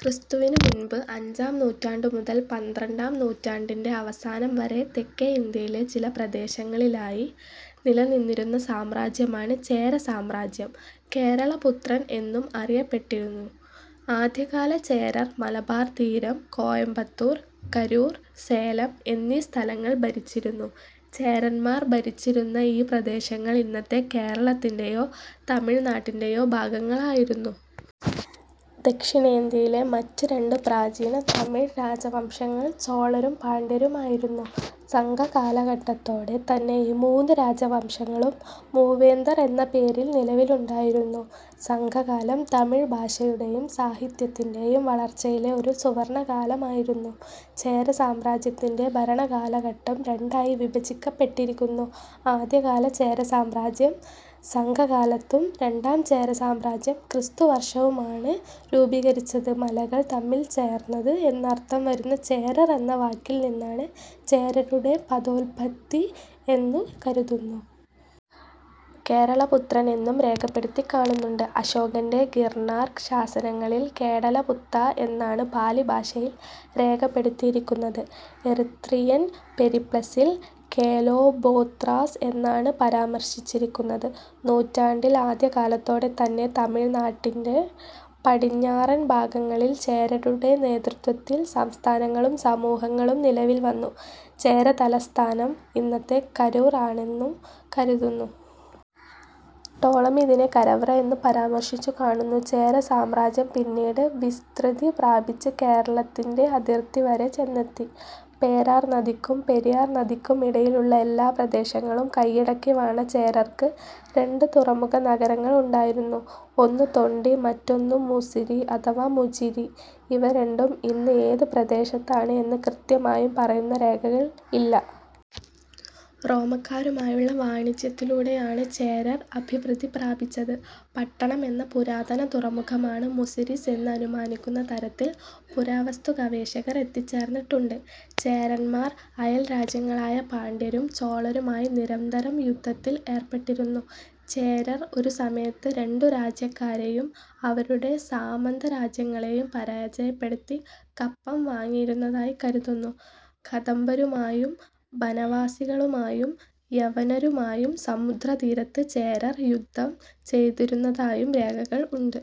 ക്രിസ്തുവിന് മുൻപ് അഞ്ചാം നൂറ്റാണ്ടു മുതൽ പന്ത്രണ്ടാം നൂറ്റാണ്ടിന്റെ അവസാനം വരെ തെക്കേ ഇന്ത്യയിലെ ചില പ്രദേശങ്ങളിലായി നിലനിന്നിരുന്ന സാമ്രാജ്യമാണ് ചേര സാമ്രാജ്യം. കേരളപുത്രൻ എന്നും അറിയപ്പെട്ടിരുന്നു. ആദ്യകാല ചേരർ മലബാർ തീരം, കോയമ്പത്തൂർ, കരൂർ, സേലം എന്നീ സ്ഥലങ്ങൾ ഭരിച്ചിരുന്നു. ചേരന്മാർ ഭരിച്ചിരുന്ന ഈ പ്രദേശങ്ങൾ ഇന്നത്തെ കേരളത്തിന്റെയോ തമിഴ്നാട്ടിന്റെയോ ഭാഗങ്ങളായിരുന്നു. ദക്ഷിണേന്ത്യയിലെ മറ്റ് രണ്ട് പ്രാചീന തമിഴ് രാജവംശങ്ങൾ ചോളരും പാണ്ഡ്യരുമായിരുന്നു. സംഘകാലഘട്ടത്തോടെ തന്നെ ഈ മൂന്നു രാജവംശങ്ങളും മൂവേന്തർ എന്ന പേരിൽ നിലവിലുണ്ടായിരുന്നു. സംഘകാലം തമിഴ് ഭാഷയുടേയും സാഹിത്യത്തിന്റേയും വളർച്ചയിലെ ഒരു സുവർണ്ണകാലമായിരുന്നു. ചേര സാമ്രാജ്യത്തിന്റെ ഭരണകാലഘട്ടം രണ്ടായി വിഭജിക്കപ്പെട്ടിരിക്കുന്നു. ആദ്യകാല ചേര സാമ്രാജ്യം സംഘകാലത്തും രണ്ടാം ചേര സാമ്രാജ്യം ക്രിസ്തു വർഷവുമാണ് രൂപീകരിച്ചത് മലകൾ തമ്മിൽ ചേർന്നത് എന്നർത്ഥം വരുന്ന ചേരൽ എന്ന വാക്കിൽ നിന്നാണ് ചേരരുടെ പദോല്പത്തി എന്നു കരുതുന്നു. കേരളപുത്രൻ എന്നും രേഖപ്പെടുത്തിക്കാണുന്നുണ്ട്. അശോകന്റെ ഗിർണാർ ശാസനങ്ങളിൽ കേടലപുത്ത എന്നാണു പാലി ഭാഷയിൽ രേഖപ്പെടുത്തിയിരിക്കുന്നത്. എറിത്രിയൻ പെരിപ്ലസിൽ കേലോബോത്രാസ് എന്നാണ് പരാമർശിച്ചിരിക്കുന്നത്. നൂറ്റാണ്ടിൽ ആദ്യകാലത്തോടെ തന്നെ തമിഴ്നാട്ടിന്റെ പടിഞ്ഞാറൻ ഭാഗങ്ങളിൽ ചേരരുടെ നേതൃത്വത്തിൽ സംസ്ഥാനങ്ങളും സമൂഹങ്ങളും നിലവിൽ വന്നു. ചേരതലസ്ഥാനം ഇന്നത്തെ കരൂർ ആണെന്നു കരുതുന്നു. ടോളമി ഇതിനെ കരവ്ര എന്ന് പരാമർശിച്ചുകാണുന്നു. ചേര സാമ്രാജ്യം പിന്നീട് വിസ്ത്രൃതി പ്രാപിച്ച് കേരളത്തിന്റെ അതിർത്തിവരെ ചെന്നെത്തി. പേരാർ നദിക്കും പെരിയാർ നദിക്കും ഇടയിലുള്ള എല്ലാ പ്രദേശങ്ങളും കയ്യടക്കിവാണ ചേരർക്ക് രണ്ട് തുറമുഖനഗരങ്ങൾ ഉണ്ടായിരുന്നു. ഒന്ന് തൊണ്ടി മറ്റൊന്ന് മുസിരി അഥവാ മുചിരി. ഇവ രണ്ടും ഇന്ന് ഏത് പ്രദേശത്താണ് എന്ന് കൃത്യമായും പറയുന്ന രേഖകൾ ഇല്ല. റോമക്കാരുമായുള്ള വാണിജ്യത്തിലൂടെയാണ് ചേരർ അഭിവൃദ്ധിപ്രാപിച്ചത്. പട്ടണം എന്ന പുരാതന തുറമുഖമാണ് മുസിരിസ് എന്ന് അനുമാനിക്കുന്ന തരത്തിൽ പുരാവസ്തുഗവേഷകർ എത്തിച്ചേർന്നിട്ടുണ്ട്. ചേരന്മാർ അയൽരാജ്യങ്ങളായ പാണ്ഡ്യരും ചോളരുമായി നിരന്തരം യുദ്ധത്തിൽ ഏർപ്പെട്ടിരുന്നു. ചേരർ ഒരു സമയത്ത് രണ്ടു രാജ്യക്കാരെയും അവരുടെ സാമന്തരാജ്യങ്ങളേയും പരജയപ്പെടുത്തി കപ്പം വാങ്ങിയിരുന്നതായി കരുതുന്നു. കദംബരുമായും ബനവാസികളുമായും യവനരുമായും സമുദ്രതീരത്ത് ചേരർ യുദ്ധം ചെയ്തിരുന്നതായും രേഖകൾ ഉണ്ട്.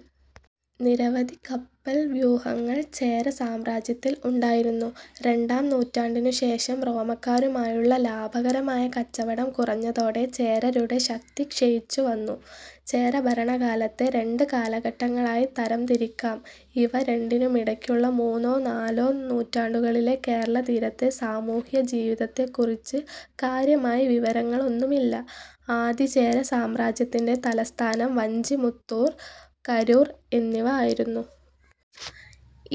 നിരവധി കപ്പൽ വ്യൂഹങ്ങൾ ചേരസാമ്രാജ്യത്തിൽ ഉണ്ടായുരുന്നു. രണ്ടാം നൂറ്റാണ്ടിനു ശേഷം റോമക്കാരുമായുള്ള ലാഭകരമായ കച്ചവടം കുറഞ്ഞതോടെ ചേരരുടെ ശക്തി ക്ഷയിച്ചുവന്നു. ചേരഭരണകാലത്തെ രണ്ട് കാലഘട്ടങ്ങളായി തരം തിരിക്കാം ഇവ രണ്ടിനുമിടക്കുള്ള മൂന്നോ നാലോ നൂറ്റാണ്ടുകളിലെ കേരളതീരത്തെ സമൂഹ്യജീവിതത്തെക്കുറിച്ച് കാര്യമായ വിവരങ്ങളൊന്നുമില്ല. ആദിചേര സാമ്രാജ്യത്തിന്റെ തലസ്ഥാനം വഞ്ചിമുത്തൂർ, കരൂർ എന്നിവ ആയിരുന്നു.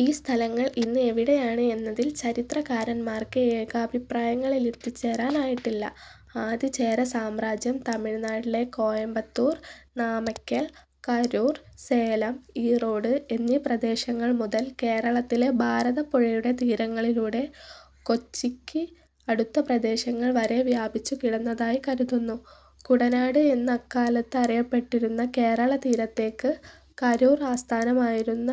ഈ സ്ഥലങ്ങൾ ഇന്ന് എവിടെയാണ് എന്നതിൽ ചരിത്രകാരന്മാർക്ക് ഏകാഭിപ്രായങ്ങളിലെത്തിച്ചേരാനായിട്ടില്ല. ആദിചേര സാമ്രാജ്യം തമിഴ്നാട്ടിലെ കോയമ്പത്തൂർ, നാമക്കൽ, കരൂർ, സേലം, ഈറോഡ് എന്നീ പ്രദേശങ്ങൾ മുതൽ കേരളത്തിലെ ഭാരതപ്പുഴയുടെ തീരങ്ങളിലൂടെ കൊച്ചിക്ക് അടുത്ത പ്രദേശങ്ങൾ വരെ വ്യാപിച്ചു കിടന്നതായി കരുതുന്നു. കുടനാട് എന്ന് അക്കാലത്ത് അറിയപ്പെട്ടിരുന്ന കേരളതീരത്തേക്ക് കരൂർ ആസ്ഥാനമായിരുന്ന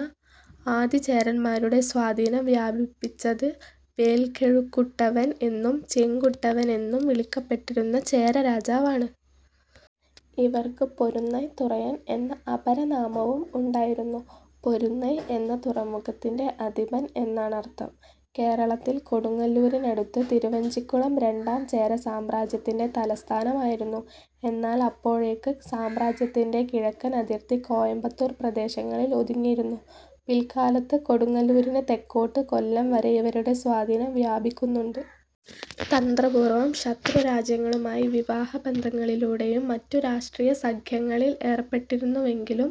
ആദിചേരന്മാരുടെ സ്വാധീനം വ്യാപിപ്പിച്ചത് വേൽകെഴുകുട്ടുവൻ എന്നും ചെങ്കുട്ടുവൻ എന്നും വിളിക്കപ്പെട്ടിരുന്ന ചേരരാജാവാണു. ഇവർക്ക് പൊരുന്നൈത്തുറയൻ എന്ന അപരനാമവും ഉണ്ടായിരുന്നു. പൊരുന്നൈ എന്ന തുറമുഖത്തിന്റെ അധിപൻ എന്നാണതിനർത്ഥം. കേരളത്തിൽ കൊടുങ്ങല്ലൂരിന് അടുത്ത് തിരുവഞ്ചിക്കുളം രണ്ടാംചേര സാമ്രാജ്യത്തിന്റെ തലസ്ഥാനമായിരുന്നു. എന്നാൽ അപ്പോഴേക്ക് സാമ്രാജ്യത്തിന്റെ കിഴക്കൻ അതിർത്തി കോയമ്പത്തൂർ പ്രദേശങ്ങളിൽ ഒതുങ്ങിയിരുന്നു. പിൽക്കാലത്ത് കൊടുങ്ങല്ലൂരിനു തെക്കോട്ട് കൊല്ലം വരെ ഇവരുടെ സ്വാധീനം വ്യാപിക്കുന്നുണ്ട്. തന്ത്രപൂർവം ശത്രുരാജ്യങ്ങളുമായി വിവാഹബന്ധങ്ങളിലൂടെയും മറ്റും രാഷ്ട്രീയ സഖ്യങ്ങളിൽ ഏർപ്പെട്ടിരുന്നുവെങ്കിലും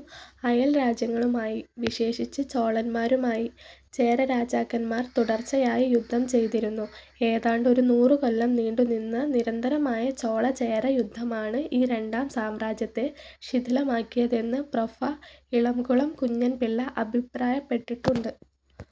അയൽ രാജ്യങ്ങളുമായി, വിശേഷിച്ച് ചോളന്മാരുമായി, ചേരരാജാക്കന്മാർ തുടർച്ചയായി യുദ്ധം ചെയ്തിരുന്നു. ഏതാണ്ട് ഒരു നൂറു കൊല്ലം നീണ്ടു നിന്ന നിരന്തരമായ ചോള-ചേര യുദ്ധമാണു ഈ രണ്ടാം സാമ്രാജ്യത്തെ ശിഥിലമാക്കിയതെന്ന് പ്രൊഫ. ഇളംകുളം കുഞ്ഞൻ പിള്ള അഭിപ്രായപ്പെട്ടിട്ടുണ്ട്.